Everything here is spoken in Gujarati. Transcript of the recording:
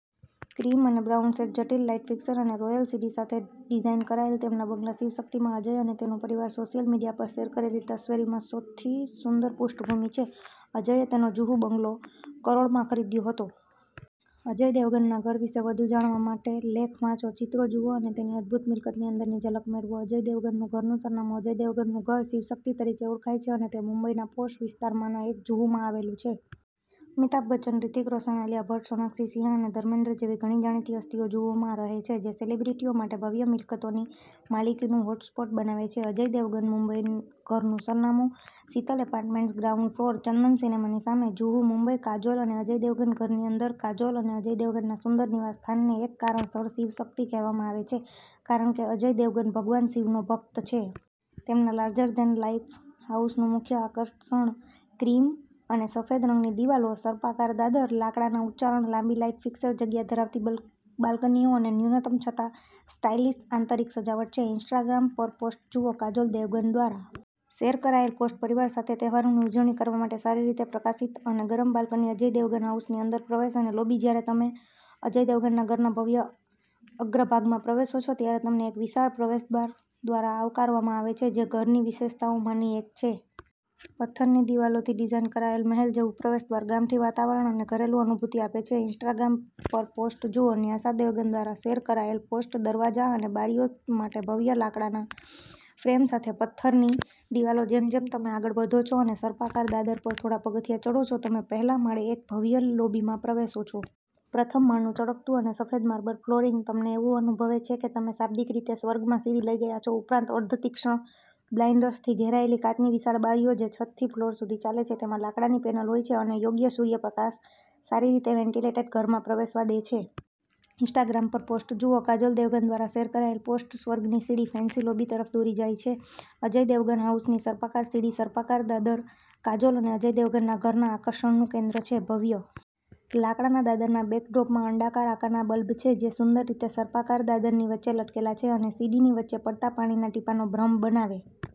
ક્રીમ અને બ્રાઉન શેડ્સ, જટિલ લાઇટ ફિક્સર અને રોયલ સીડી સાથે ડિઝાઇન કરાયેલ, તેમના બંગલા 'શિવશક્તિ'માં અજય અને તેના પરિવારે સોશિયલ મીડિયા પર શેર કરેલી તસવીરોમાં સૌથી સુંદર પૃષ્ઠભૂમિ છે. અજયે તેનો જુહુ બંગલો કરોડમાં ખરીદ્યો હતો. અજય દેવગનના ઘર વિશે વધુ જાણવા માટેલેખ વાંચો, ચિત્રો જુઓ અને તેની અદભૂત મિલકતની અંદરની ઝલક મેળવો. અજય દેવગન ઘરનું સરનામું અજય દેવગનનું ઘર 'શિવશક્તિ' તરીકે ઓળખાય છે અને તે મુંબઈના પોશ વિસ્તારોમાંના એક જુહુમાં આવેલું છે. અમિતાભ બચ્ચન, હૃતિક રોશનઆલિયા ભટ્ટ, સોનાક્ષી સિન્હા અને ધર્મેન્દ્ર જેવી ઘણી જાણીતી હસ્તીઓ જુહુમાં રહે છે, જે સેલિબ્રિટીઓ માટે ભવ્ય મિલકતોની માલિકીનું હોટસ્પોટ બનાવે છે. અજય દેવગન મુંબઈ ઘરનું સરનામું/, Sheetal apartments, ground floor, Chandan સિનેમાની સામે, જુહુ, મુંબઈ કાજોલ અને અજય દેવગન ઘરની અંદર કાજોલ અને અજય દેવગનના સુંદર નિવાસસ્થાનને એક કારણસર 'શિવશક્તિ' કહેવામાં આવે છે, કારણ કે અજય દેવગન ભગવાન શિવનો ભક્ત છે. તેમના લાર્જર-ધેન-લાઇફ હાઉસનું મુખ્ય આકર્ષણ ક્રીમ અને સફેદ રંગની દિવાલો, સર્પાકાર દાદર, લાકડાના ઉચ્ચારણ, લાંબી લાઈટ ફિક્સર, જગ્યા ધરાવતી બાલ બાલ્કનીઓ અને ન્યૂનતમ છતાં સ્ટાઇલિશ આંતરિક સજાવટ છે. ઇન્સ્ટાગ્રામ પરપોસ્ટ જુઓ કાજોલ દેવગન દ્વારા શેર કરાયેલ પોસ્ટ પરિવાર સાથે તહેવારોની ઉજવણી કરવા માટે સારી રીતે પ્રકાશિત અને ગરમ બાલ્કની અજય દેવગન હાઉસની અંદર પ્રવેશ અને લોબી જ્યારે તમે અજય દેવગનના ઘરના ભવ્ય અગ્રભાગમાં પ્રવેશો છો, ત્યારે તમને એક વિશાળ પ્રવેશદ્વાર દ્વારા આવકારવામાં આવે છે જે ઘરની વિશેષતાઓમાંની એક છે. પથ્થરની દિવાલોથી ડિઝાઇન કરાયેલ, મહેલ જેવું પ્રવેશદ્વાર ગામઠી વાતાવરણ અને ઘરેલું અનુભૂતિ આપે છે. ઇન્સ્ટાગ્રામ પરપોસ્ટ જુઓ ન્યાસા દેવગન દ્વારા શેર કરાયેલ પોસ્ટ દરવાજા અને બારીઓ માટે ભવ્ય લાકડાના ફ્રેમ સાથે પથ્થરની દિવાલો જેમ જેમ તમે આગળ વધો છો અને સર્પાકાર દાદર પર થોડા પગથિયાં ચઢો છો, તમે પહેલા માળે એક ભવ્ય લોબીમાં પ્રવેશો છો. પ્રથમ માળનું ચળકતું અને સફેદ માર્બલ ફ્લોરિંગ તમને એવું અનુભવે છે કે તમે શાબ્દિક રીતે સ્વર્ગમાં સીડી લઈ ગયા છો. ઉપરાંત, અર્ધ-તીક્ષ્ણ બ્લાઇંડર્સથી ઘેરાયેલી, કાચની વિશાળ બારીઓ જે છતથી ફ્લોર સુધી ચાલે છે તેમાં લાકડાની પેનલ હોય છે અને યોગ્ય સૂર્યપ્રકાશ સારી રીતે વેન્ટિલેટેડ ઘરમાં પ્રવેશવા દે છે. ઇન્સ્ટાગ્રામ પરપોસ્ટ જુઓ કાજોલ દેવગન દ્વારા શેર કરાયેલ પોસ્ટ સ્વર્ગની સીડી ફેન્સી લોબી તરફ દોરી જાય છે અજય દેવગન હાઉસની સર્પાકાર સીડી સર્પાકાર દાદર કાજોલ અને અજય દેવગનના ઘરના આકર્ષણનું કેન્દ્ર છે. ભવ્ય લાકડાના દાદરના બેકડ્રોપમાં અંડાકાર આકારના બલ્બ છે જે સુંદર રીતે સર્પાકાર દાદરની વચ્ચે લટકેલા છે અને સીડીની વચ્ચે પડતા પાણીના ટીપાંનો ભ્રમ બનાવે